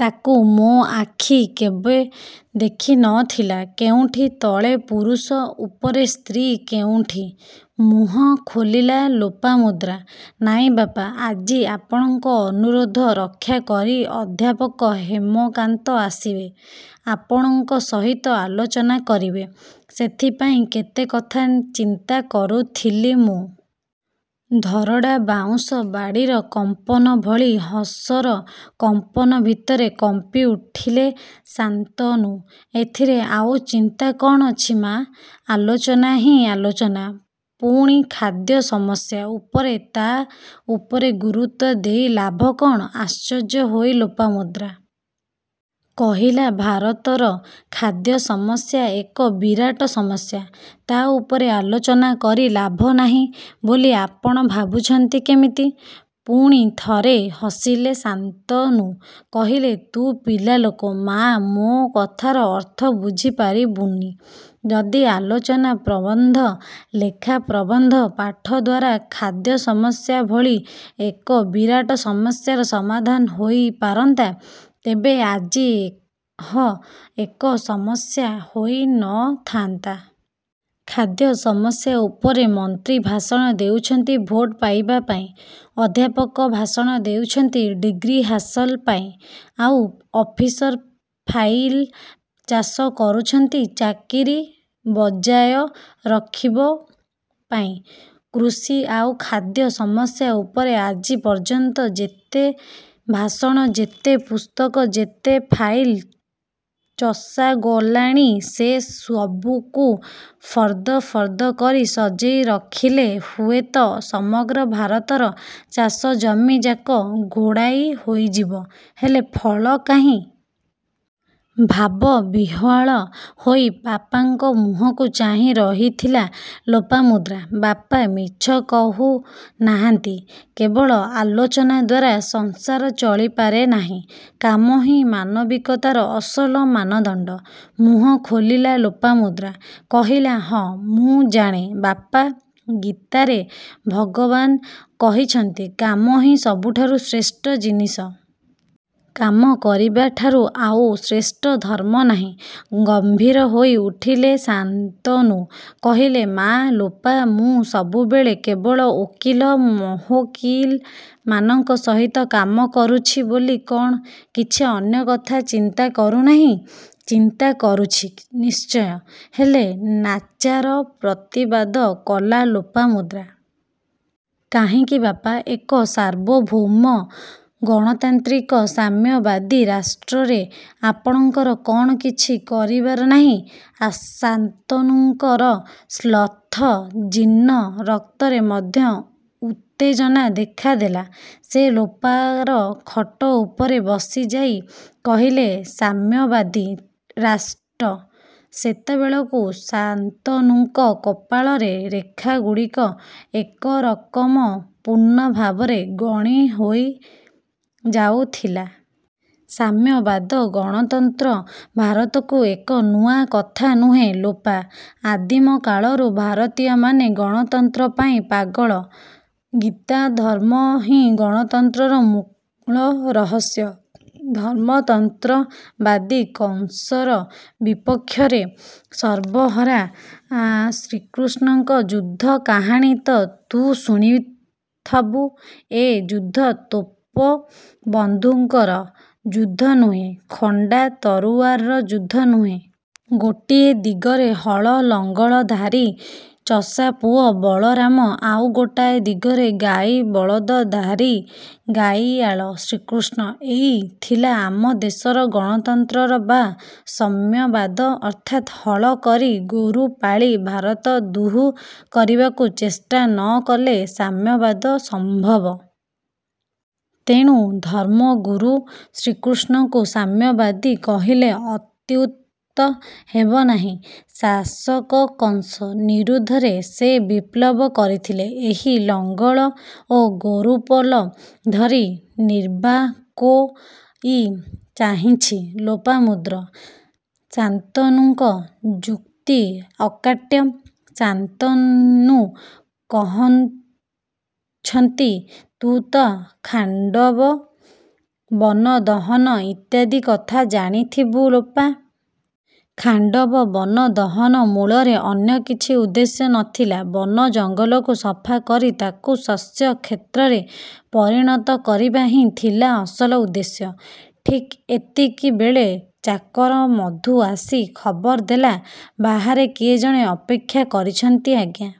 ତାକୁ ମୋ ଆଖି କେବେ ଦେଖି ନ ଥିଲା। କେଉଁଠି ତଳେ ପୁରୁଷ ଉପରେ ସ୍ତ୍ରୀ, କେଉଁଠି। ମୁହଁ ଖୋଲିଲା ଲୋପାମୁଦ୍ରା। ନାଇଁ ବାପା, ଆଜି ଆପଣଙ୍କ ଅନୁରୋଧ ରକ୍ଷାକରି ଅଧ୍ୟାପକ ହେମକାନ୍ତ ଆସିବେ। ଆପଣଙ୍କ ସହିତ ଆଲୋଚନା କରିବେ। ସେଥିପାଇଁ କେତେ କଥା ଚିନ୍ତା କରୁଥିଲି ମୁଁ। ଧରଡ଼ା ବାଉଁଶ ବାଡ଼ିର କମ୍ପନ ଭଳି ହସର କମ୍ପନ ଭିତରେ କମ୍ପିଉଠିଲେ ଶାନ୍ତନୁ ଏଥିରେ ଆଉ ଚିନ୍ତା କଣ ଅଛି ମା। ଆଲୋଚନା ହିଁ ଆଲୋଚନା। ପୁଣି ଖାଦ୍ୟ ସମସ୍ୟା ଉପରେ। ତା ଉପରେ ଗୁରୁତ୍ୱ ଦେଇ ଲାଭ କଣ। ଆଶ୍ଚର୍ଯ୍ୟ ହୋଇ ଲୋପାମୁଦ୍ରା। କହିଲା ଭାରତର ଖାଦ୍ୟ ସମସ୍ୟା ଏକ ବିରାଟ ସମସ୍ୟା। ତା ଉପରେ ଆଲୋଚନା କରି ଲାଭ ନାହିଁ ବୋଲି ଆପଣ ଭାବୁଛନ୍ତି କେମିତି? ପୁଣି ଥରେ ହସିଲେ ଶାନ୍ତନୁ କହିଲେ ତୁ ପିଲାଲୋକ ମାଆ ମୋ କଥାର ଅର୍ଥ ବୁଝି ପାରିବୁନି। ଯଦି ଆଲୋଚନା, ପ୍ରବନ୍ଧ, ଲେଖା ପ୍ରବନ୍ଧ ପାଠ ଦ୍ୱାରା ଖାଦ୍ୟ ସମସ୍ୟା ଭଳି ଏକ ବିରାଟ ସସମ୍ୟାର ସମାଧାନ ହୋଇ ପାରନ୍ତା, ତେବେ ଆଜି ଏହ ଏକ ସମସ୍ୟା ହୋଇ ନ ଥାନ୍ତା। ଖାଦ୍ୟ ସମସ୍ୟା ଉପରେ ମନ୍ତ୍ରୀ ଭାଷଣ ଦେଉଛନ୍ତି ଭୋଟ ପାଇବା ପାଇଁ। ଅଧ୍ୟାପକ ଭାଷଣ ଦେଉଛନ୍ତି ଡିଗ୍ରୀ ହାସଲ ପାଇଁ। ଆଉ ଅଫିସର ଫାଇଲ ଚାଷ କରୁଛନ୍ତି ଚାକିରୀ ବଜାୟ ରଖିବ ପାଇଁ। କୃଷି ଆଉ ଖାଦ୍ୟ ସମସ୍ୟା ଉପରେ ଆଜି ପର୍ଯ୍ୟନ୍ତ ଯେତେ ଭାଷଣ, ଯେତେ ପୁସ୍ତକ, ଯେତେ ଫାଇଲ ଚଷାଗଲାଣି ସେ ସବୁକୁ ଫର୍ଦ ଫର୍ଦ କରି ସଜେଇ ରଖିଲେ ହୁଏତ ସମଗ୍ର ଭାରତର ଚାଷ ଜମି ଯାକ ଘୋଡ଼ାଇ ହୋଇଯିବ, ହେଲେ ଫଳ କାହିଁ? ଭାବ ବିହ୍ୱଳ ହୋଇ ବାପାଙ୍କ ମୁହଁକୁ ଚାହିଁ ରହିଥିଲା ଲୋପାମୁଦ୍ରା। ବାପା ମିଛ କହୁ ନାହାନ୍ତି। କେବଳ ଆଲୋଚନା ଦ୍ୱାରା ସଂସାର ଚଳିପାରେ ନାହିଁ। କାମ ହିଁ ମାନବିକତାର ଅସଲ ମାନଦଣ୍ଡ। ମୁହଁ ଖୋଲିଲା ଲୋପାମୁଦ୍ରା, କହିଲା ହଁ, ମୁଁ ଜାଣେ ବାପା, ଗୀତାରେ ଭଗବାନ କହିଛନ୍ତି କାମ ହିଁ ସବୁଠାରୁ ଶ୍ରେଷ୍ଠ ଜିନିଷ। କାମ କରିବା ଠାରୁ ଆଉ ଶ୍ରେଷ୍ଠ ଧର୍ମ ନାହିଁ। ଗମ୍ଭୀର ହୋଇ ଉଠିଲେ ଶାନ୍ତନୁ, କହିଲେ ମାଆ ଲୋପା ମୁଁ ସବୁବେଳେ କେବଳ ଓକିଲ ମହୋକିଲ ମାନଙ୍କ ସହିତ କାମ କରୁଛି ବୋଲି କଣ କିଛି ଅନ୍ୟ କଥା ଚିନ୍ତା କରୁନାହିଁ? ଚିନ୍ତା କରୁଛି ନିଶ୍ଚୟ, ହେଲେ ନାଚାର ପ୍ରତିବାଦ କଲା ଲୋପାମୁଦ୍ରା। କାହିଁକି ବାପା ଏକ ସାର୍ବଭୌମ ଗଣତାନ୍ତ୍ରିକ ସାମ୍ୟବାଦୀ ରାଷ୍ଟ୍ରରେ ଆପଣଙ୍କର କଣ କିଛି କରିବାର ନାହିଁ? ଆ ଶାନ୍ତନୁଙ୍କର ଶ୍ଳଥ ଜୀର୍ଣ୍ଣ ରକ୍ତରେ ମଧ୍ୟ ଉତ୍ତେଜନା ଦେଖା ଦେଲା। ସେ ଲୋପାର ଖଟ ଉପରେ ବସିଯାଇ କହିଲେ ସାମ୍ୟବାଦୀ ରାଷ୍ଟ? ସେତେବେଳକୁ ଶାନ୍ତନୁଙ୍କ କପାଳରେ ରେଖାଗୁଡ଼ିକ ଏକରକମ ପୂର୍ଣ୍ଣ ଭାବରେ ଗଣି ହୋଇ ଯାଉଥିଲା। ସାମ୍ୟବାଦ ଗଣତନ୍ତ୍ର ଭାରତକୁ ଏକ ନୂଆ କଥା ନୁହେଁ ଲୋପା। ଆଦିମ କାଳରୁ ଭାରତୀୟମାନେ ଗଣତନ୍ତ୍ର ପାଇଁ ପାଗଳ। ଗୀତା ଧର୍ମ ହିଁ ଗଣତନ୍ତ୍ରର ମୂଳ ରହସ୍ୟ। ଧର୍ମତନ୍ତ୍ରବାଦୀ କଂସର ବିପକ୍ଷରେ ସର୍ବହରା ଅଁ ଶ୍ରୀକୃଷ୍ଣଙ୍କ ଯୁଦ୍ଧ କାହାଣୀ ତ ତୁ ଶୁଣିଥବୁ। ଏ ଯୁଦ୍ଧ ତୋପ ବନ୍ଧୁଙ୍କର ଯୁଦ୍ଧ ନୁହେଁ, ଖଣ୍ଡା ତରୁଆରର ଯୁଦ୍ଧ ନୁହେଁ। ଗୋଟିଏ ଦିଗରେ ହଳ ଲଙ୍ଗଳ ଧାରୀ ଚଷାପୁଅ ବଳରାମ, ଆଉ ଗୋଟାଏ ଦିଗରେ ଗାଇ ବଳଦ ଧାରୀ ଗାଇଆଳ ଶ୍ରୀକୃଷ୍ଣ। ଏଇ ଥିଲା ଆମ ଦେଶର ଗଣତନ୍ତ୍ରର ବା ସମ୍ୟବାଦ, ଅର୍ଥାତ୍ ହଳ କରି ଗୋରୁ ପାଳି ଭାରତ ଦୁଃ କରିବାକୁ ଚେଷ୍ଟା ନ କଲେ ସାମ୍ୟବାଦ ସମ୍ଭବ। ତେଣୁ ଧର୍ମଗୁରୁ ଶ୍ରୀକୃଷ୍ଣଙ୍କୁ ସାମ୍ୟବାଦୀ କହିଲେ ଅତ୍ୟୁକ୍ତ ହେବ ନାହିଁ। ଶାସକ କଂସ ନିରୁଦ୍ଧରେ ସେ ବିପ୍ଳବ କରିଥିଲେ ଏହି ଲଙ୍ଗଳ ଓ ଗୋରୁପଲ ଧରି। ନିର୍ବାକୋଇ ଚାହିଁଛି ଲୋପାମୁଦ୍ର। ଶାନ୍ତନୁଙ୍କ ଯୁକ୍ତି ଅକାଟ୍ୟ। ଶାନ୍ତନୁ କହଛନ୍ତି ତୁ ତ ଖାଣ୍ଡବ ବନ ଦହନ ଇତ୍ୟାଦି କଥା ଜାଣି ଥିବୁ ଲୋପା? ଖାଣ୍ଡବ ବନ ଦହନ ମୂଳରେ ଅନ୍ୟ କିଛି ଉଦ୍ଦେଶ୍ୟ ନ ଥିଲା। ବନ ଜଙ୍ଗଲକୁ ସଫା କରି ତାକୁ ଶସ୍ୟ କ୍ଷେତ୍ରରେ ପରିଣତ କରିବା ହିଁ ଥିଲା ଅସଲ ଉଦ୍ଦେଶ୍ୟ। ଠିକ୍ ଏତିକିବେଳେ ଚାକର ମଧୁ ଆସି ଖବର ଦେଲା ବାହାରେ କିଏ ଜଣେ ଅପେକ୍ଷା କରିଛନ୍ତି ଆଜ୍ଞା।